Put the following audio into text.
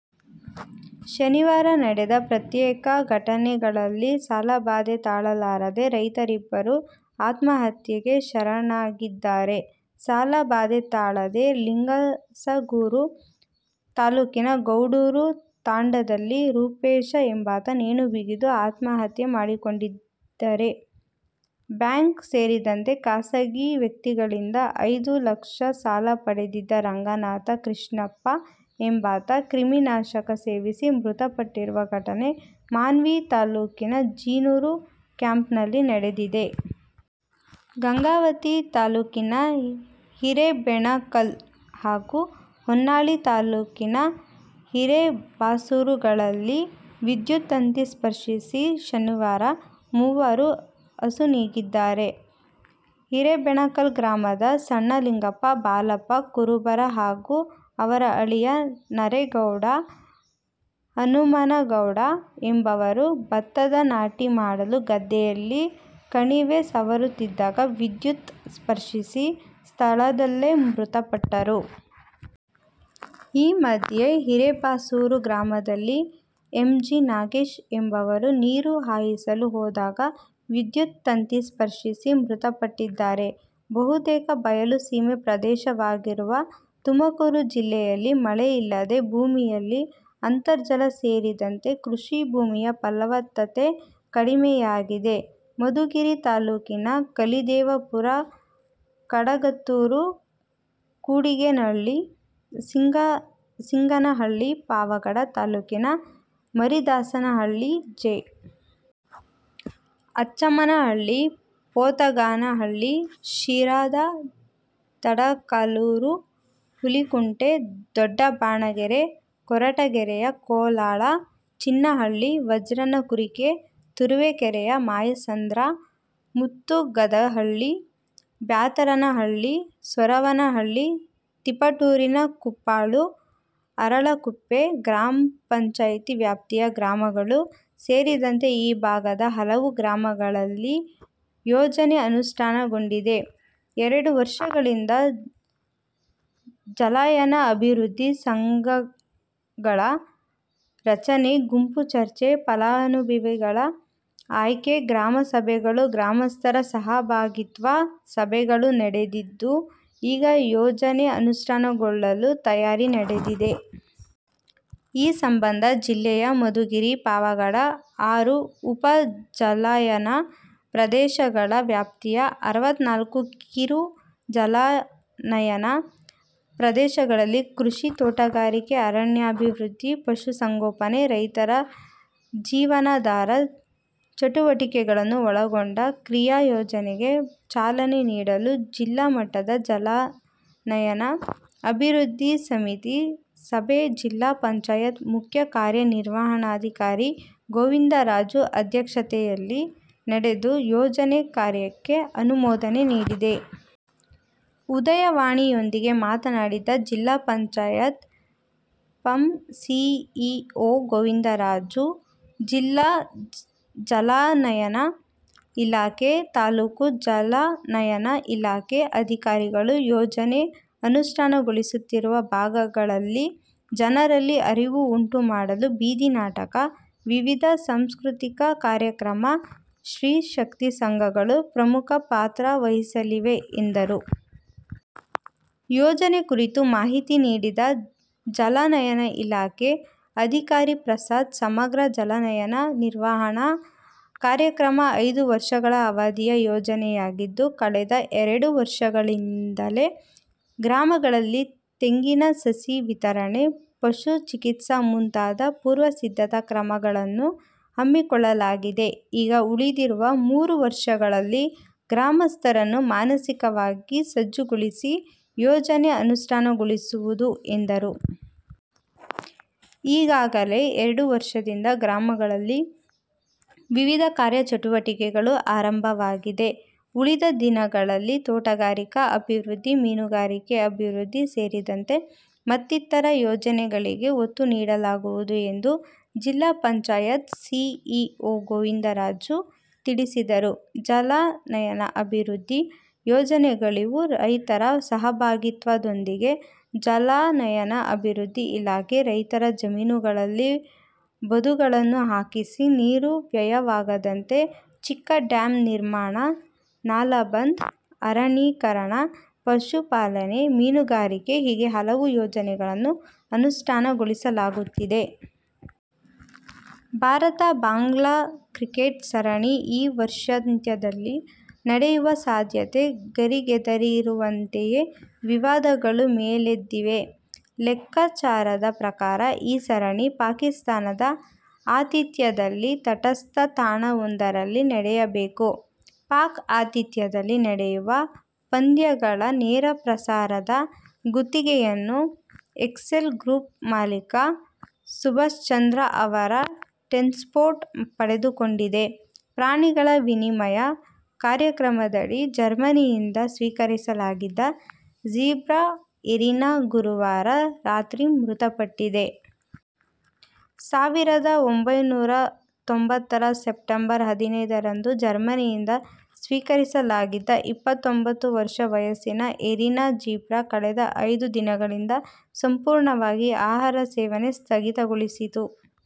ಶನಿವಾರ ನಡೆದ ಪ್ರತ್ಯೇಕ ಘಟನೆಗಳಲ್ಲಿ ಸಾಲಬಾಧೆ ತಾಳಲಾರದೇ ರೈತರಿಬ್ಬರು ಆತ್ಮಹತ್ಯೆಗೆ ಶರಣಾಗಿದ್ದಾರೆ. ಸಾಲಬಾಧೆ ತಾಳದೆ ಲಿಂಗಸಗೂರು ತಾಲೂಕಿನ ಗೌಡೂರು ತಾಂಡಾದಲ್ಲಿ ರೂಪೇಶ ಎಂಬಾತ ನೇಣು ಬಿಗಿದು ಆತ್ಮಹತ್ಯೆ ಮಾಡಿಕೊಂಡಿದ್ದರೆ, ಬ್ಯಾಂಕ್ ಸೇರಿದಂತೆ ಖಾಸಗಿ ವ್ಯಕ್ತಿಗಳಿಂದ ಐದು ಲಕ್ಷ ಸಾಲ ಪಡೆದಿದ್ದ ರಂಗನಾಥ ಕೃಷ್ಣಪ್ಪ ಎಂಬಾತ ಕ್ರಿಮಿನಾಶಕ ಸೇವಿಸಿ ಮೃತಪಟ್ಟಿರುವ ಘಟನೆ ಮಾನ್ವಿ ತಾಲೂಕಿನ ಜೀನೂರು ಕ್ಯಾಂಪ್ನಲ್ಲಿ ನಡೆದಿದೆ. ಗಂಗಾವತಿ ತಾಲೂಕಿನ ಹಿರೇಬೆಣಕಲ್ ಹಾಗೂ ಹೊನ್ನಾಳಿ ತಾಲೂಕಿನ ಹಿರೇಬಾಸೂರುಗಳಲ್ಲಿ ವಿದ್ಯುತ್ ತಂತಿ ಸ್ಪರ್ಶಿಸಿ ಶನಿವಾರ ಮೂವರು ಅಸುನೀಗಿದ್ದಾರೆ. ಹಿರೇಬೆಣಕಲ್ ಗ್ರಾಮದ ಸಣ್ಣಲಿಂಗಪ್ಪ, ಬಾಲಪ್ಪ ಕುರುಬರ ಹಾಗೂ ಅವರ ಅಳಿಯ ನರೇಗೌಡ ಹನುಮನಗೌಡ ಎಂಬುವರು ಭತ್ತದ ನಾಟಿ ಮಾಡಲು ಗದ್ದೆಯಲ್ಲಿ ಕಣಿವೆ ಸವರುತ್ತಿದ್ದಾಗ ವಿದ್ಯುತ್ ತಂತಿ ಸ್ಪರ್ಶಿಸಿ, ಸ್ಥಳದಲ್ಲೇ ಮೃತಪಟ್ಟರು. ಈ ಮಧ್ಯೆ, ಹಿರೇಬಾಸೂರು ಗ್ರಾಮದಲ್ಲಿ ಎಂ. ಜಿ. ನಾಗೇಶ್ ಎಂಬುವರು ನೀರು ಹಾಯಿಸಲು ಹೋದಾಗ ವಿದ್ಯುತ್ ತಂತಿ ಸ್ಪರ್ಶಿಸಿ ಮೃತಪಟ್ಟಿದ್ದಾರೆ. ಬಹುತೇಕ ಬಯಲುಸೀಮೆ ಪ್ರದೇಶವಾಗಿರುವ ತುಮಕೂರು ಜಿಲ್ಲೆಯಲ್ಲಿ ಮಳೆಯಿಲ್ಲದೆ ಭೂಮಿಯಲ್ಲಿ ಅಂತರ್ಜಲ ಸೇರಿದಂತೆ ಕೃಷಿ ಭೂಮಿಯ ಫಲವತ್ತತೆ ಕಡಿಮೆಯಾಗಿದೆ. ಮಧುಗಿರಿ ತಾಲೂಕಿನ ಕಲಿದೇವಪುರ, ಕಡಗತ್ತೂರು, ಕೊಡಿಗೇನಹಳ್ಳಿ, ಸಿಂಗನಹಳ್ಳಿ; ಪಾವಗಡ ತಾಲೂಕಿನ ಮರಿದಾಸನಹಳ್ಳಿ, ಜೆ. ಅಚ್ಚಮ್ಮನಹಳ್ಳಿ, ಪೋತಗಾನಹಳ್ಳಿ; ಶಿರಾದ ತಡಕಲೂರು, ಹುಲಿಕುಂಟೆ, ದೊಡ್ಡಬಾಣಗೆರೆ; ಕೊರಟಗೆರೆಯ ಕೋಳಾಲ, ಚಿನ್ನಹಳ್ಳಿ, ವಜ್ರನಕುರಿಕೆ; ತುರುವೇಕೆರೆಯ ಮಾಯಸಂದ್ರ, ಮುತ್ತುಗದಹಳ್ಳಿ, ಬ್ಯಾತರನಹಳ್ಳಿ, ಸೊರವನಹಳ್ಳಿ; ತಿಪಟೂರಿನ ಕುಪ್ಪಾಳು, ಅರಳಕುಪ್ಪೆ ಗ್ರಾಪಂ ವ್ಯಾಪ್ತಿಯ ಗ್ರಾಮಗಳು ಸೇರಿದಂತೆ ಈ ಭಾಗದ ಹಲವು ಗ್ರಾಮಗಳಲ್ಲಿ ಯೋಜನೆ ಅನುಷ್ಠಾನಗೊಂಡಿದೆ. ಎರಡು ವರ್ಷಗಳಿಂದ ಜಲಾನಯನ ಅಭಿವೃದ್ಧಿ ಸಂಘಗಳ ರಚನೆ, ಗುಂಪು ಚರ್ಚೆ, ಫಲಾನುಭವಿಗಳ ಆಯ್ಕೆ ಗ್ರಾಮ ಸಭೆಗಳು, ಗ್ರಾಮಸ್ಥರ ಸಹಭಾಗಿತ್ವ ಸಭೆಗಳು ನಡೆದಿದ್ದು ಈಗ ಯೋಜನೆ ಅನುಷ್ಠಾನಗೊಳ್ಳಲು ತಯಾರಿ ನಡೆದಿದೆ. ಈ ಸಂಬಂಧ ಜಿಲ್ಲೆಯ ಮಧುಗಿರಿ, ಪಾವಗಡ, ಆರು ಉಪಜಲಾನಯನ ಪ್ರದೇಶಗಳ ವ್ಯಾಪ್ತಿಯ ಅರವತ್ನಾಲ್ಕು ಕಿರು ಜಲಾನಯನ ಪ್ರದೇಶಗಳಲ್ಲಿ ಕೃಷಿ, ತೋಟಗಾರಿಕೆ, ಅರಣ್ಯಾಭಿವೃದ್ಧಿ, ಪಶುಸಂಗೋಪನೆ, ರೈತರ ಜೀವನಾಧಾರ ಚಟುವಟಿಕೆಗಳನ್ನು ಒಳಗೊಂಡ ಕ್ರಿಯಾಯೋಜನೆಗೆ ಚಾಲನೆ ನೀಡಲು ಜಿಲ್ಲಾ ಮಟ್ಟದ ಜಲಾನಯನ ಅಭಿವೃದ್ದಿ ಸಮಿತಿ ಸಭೆ ಜಿಲ್ಲಾ ಪಂಚಾಯತ್ ಮುಖ್ಯ ಕಾರ್ಯನಿರ್ವಹಣಾಧಿಕಾರಿ ಗೋವಿಂದರಾಜು ಅಧ್ಯಕ್ಷತೆಯಲ್ಲಿ ನಡೆದು ಯೋಜನೆ ಕಾರ್ಯಕ್ಕೆ ಅನುಮೋದನೆ ನೀಡಿದೆ. ''ಉದಯವಾಣಿ''ಯೊಂದಿಗೆ ಮಾತನಾಡಿದ ಜಿಲ್ಲಾ ಪಂಚಾಯತ್ ಪಂ ಸಿಇಒ ಗೋವಿಂದರಾಜು, ಜಿಲ್ಲಾ ಜಲಾನಯನ ಇಲಾಖೆ, ತಾಲೂಕು ಜಲಾ ನಯನ ಇಲಾಖೆ ಅಧಿಕಾರಿಗಳು ಯೋಜನೆ ಅನುಷ್ಠಾನಗೊಳ್ಳುತ್ತಿರುವ ಭಾಗಗಳಲ್ಲಿ ಜನರಲ್ಲಿ ಅರಿವು ಉಂಟು ಮಾಡಲು ಬೀದಿ ನಾಟಕ, ವಿವಿಧ ಸಾಂಸ್ಕೃತಿಕ ಕಾರ್ಯಕ್ರಮ, ಸ್ತ್ರೀ ಶಕ್ತಿ ಸಂಘಗಳು ಪ್ರಮುಖ ಪಾತ್ರವಹಿಸಲಿವೆ ಎಂದರು. ಯೋಜನೆ ಕುರಿತು ಮಾಹಿತಿ ನೀಡಿದ ಜಲಾನಯನ ಇಲಾಖೆ ಅಧಿಕಾರಿ ಪ್ರಸಾದ್ ಸಮಗ್ರ ಜಲಾನಯನ ನಿರ್ವಹಣಾ ಕಾರ್ಯಕ್ರಮ ಐದು ವರ್ಷಗಳ ಅವಧಿಯ ಯೋಜನೆಯಾಗಿದ್ದು ಕಳೆದ ಎರಡು ವರ್ಷಗಳಿಂದಲೇ ಗ್ರಾಮಗಳಲ್ಲಿ ತೆಂಗಿನ ಸಸಿ ವಿತರಣೆ, ಪಶು ಚಿಕಿತ್ಸಾ ಮುಂತಾದ ಪೂರ್ವ ಸಿದ್ಧತಾ ಕಾರ್ಯಕ್ರಮಗಳನ್ನು ಹಮ್ಮಿಕೊಳ್ಳಲಾಗಿದೆ. ಈಗ ಉಳಿದಿರುವ ಮೂರು ವರ್ಷಗಳಲ್ಲಿ ಗ್ರಾಮಸ್ಥರನ್ನು ಮಾನಸಿಕವಾಗಿ ಸಜ್ಜುಗೊಳಿಸಿ ಯೋಜನೆ ಅನುಷ್ಠಾನಗೊಳಿಸಲಾಗುವುದು ಎಂದರು. ಈಗಾಗಲೇ ಎರಡು ವರ್ಷದಿಂದ ಗ್ರಾಮಗಳಲ್ಲಿ ವಿವಿಧ ಕಾರ್ಯಚಟುವಟಿಕೆಗಳು ಆರಂಭವಾಗಿದೆ. ಉಳಿದ ದಿನಗಳಲ್ಲಿ ತೋಟಗಾರಿಕಾ ಅಭಿವೃದ್ಧಿ, ಮೀನುಗಾರಿಕೆ ಅಭಿವೃದ್ಧಿ ಸೇರಿದಂತೆ ಮತ್ತಿತರ ಯೋಜನೆಗಳಿಗೆ ಒತ್ತು ನೀಡಲಾಗುವುದು ಎಂದು ಜಿಲ್ಲಾ ಪಂಚಾಯತ್ ಸಿಇಒ ಗೋವಿಂದರಾಜು ತಿಳಿಸಿದರು. ಜಲಾನಯನ ಅಭಿವೃದ್ಧಿ ಯೋಜನೆಗಳಿವು ರೈತರ ಸಹಭಾಗಿತ್ವದೊಂದಿಗೆ ಜಲಾನಯನ ಅಭಿವೃದ್ಧಿ ಇಲಾಖೆ ರೈತರ ಜಮೀನುಗಳಲ್ಲಿ ಬದುಗಳನ್ನು ಹಾಕಿಸಿ, ನೀರು ವ್ಯಯವಾಗದಂತೆ ಚಿಕ್ಕ ಡ್ಯಾಂ ನಿರ್ಮಾಣ, ನಾಲ ಬಂದ್, ಅರಣ್ಯೀಕರಣ, ಪಶುಪಾಲನೆ, ಮೀನುಗಾರಿಕೆ ಹೀಗೆ ಹಲವು ಯೋಜನೆಗಳನ್ನು ಅನುಷ್ಠಾನಗೊಳಿಸಲಾಗುತ್ತಿದೆ. ಭಾರತ-ಬಾಂಗ್ಲಾ ಕ್ರಿಕೆಟ್ ಸರಣಿ ಈ ವರ್ಷಾಂತ್ಯದಲ್ಲಿ ನಡೆಯುವ ಸಾಧ್ಯತೆ ಗರಿಗೆದರಿರುವಂತೆಯೇ ವಿವಾದಗಳೂ ಮೇಲೆದ್ದಿವೆ. ಲೆಕ್ಕಾಚಾರದ ಪ್ರಕಾರ ಈ ಸರಣಿ ಪಾಕಿಸ್ತಾನದ ಆತಿಥ್ಯದಲ್ಲಿ ತಟಸ್ಥ ತಾಣವೊಂದರಲ್ಲಿ ನಡೆಯಬೇಕು. ಪಾಕ್ ಆತಿಥ್ಯದಲ್ಲಿ ನಡೆಯುವ ಪಂದ್ಯಗಳ ನೇರಪ್ರಸಾರದ ಗುತ್ತಿಗೆಯನ್ನು ಎಸ್ಸೆಲ್ ಗ್ರೂಪ್ ಮಾಲಿಕ ಸುಭಾಷ್ಚಂದ್ರ ಅವರ ಟೆನ್ನ್ಪೋರ್ಟ್ಸ್ ಪಡೆದುಕೊಂಡಿದೆ. ಪ್ರಾಣಿಗಳ ವಿನಿಮಯ ಕಾರ್ಯಕ್ರಮದಡಿ ಜರ್ಮನಿಯಿಂದ ಸ್ವೀಕರಿಸಲಾಗಿದ್ದ ಜೀಬ್ರಾ "ಎರಿನಾ' ಗುರುವಾರ ರಾತ್ರಿ ಮೃತಪಟ್ಟಿದೆ. ಸಾವಿರದ ಒಂಭೈನೂರ ತೊಂಬತ್ತರ ಸೆಪ್ಟಂಬರ್ ಹದಿನೈದರಂದು ಜರ್ಮನಿಯಿಂದ ಸ್ವೀಕರಿಸಲಾಗಿದ್ದ ಇಪ್ಪತ್ತೊಂಬತ್ತು ವರ್ಷ ವಯಸ್ಸಿನ ಎರಿನಾ ಜೀಬ್ರಾ, ಕಳೆದ ಐದು ದಿನಗಳಿಂದ ಸಂಪೂರ್ಣವಾಗಿ ಆಹಾರ ಸೇವನೆ ಸ್ಥಗಿತಗೊಳಿಸಿತ್ತು.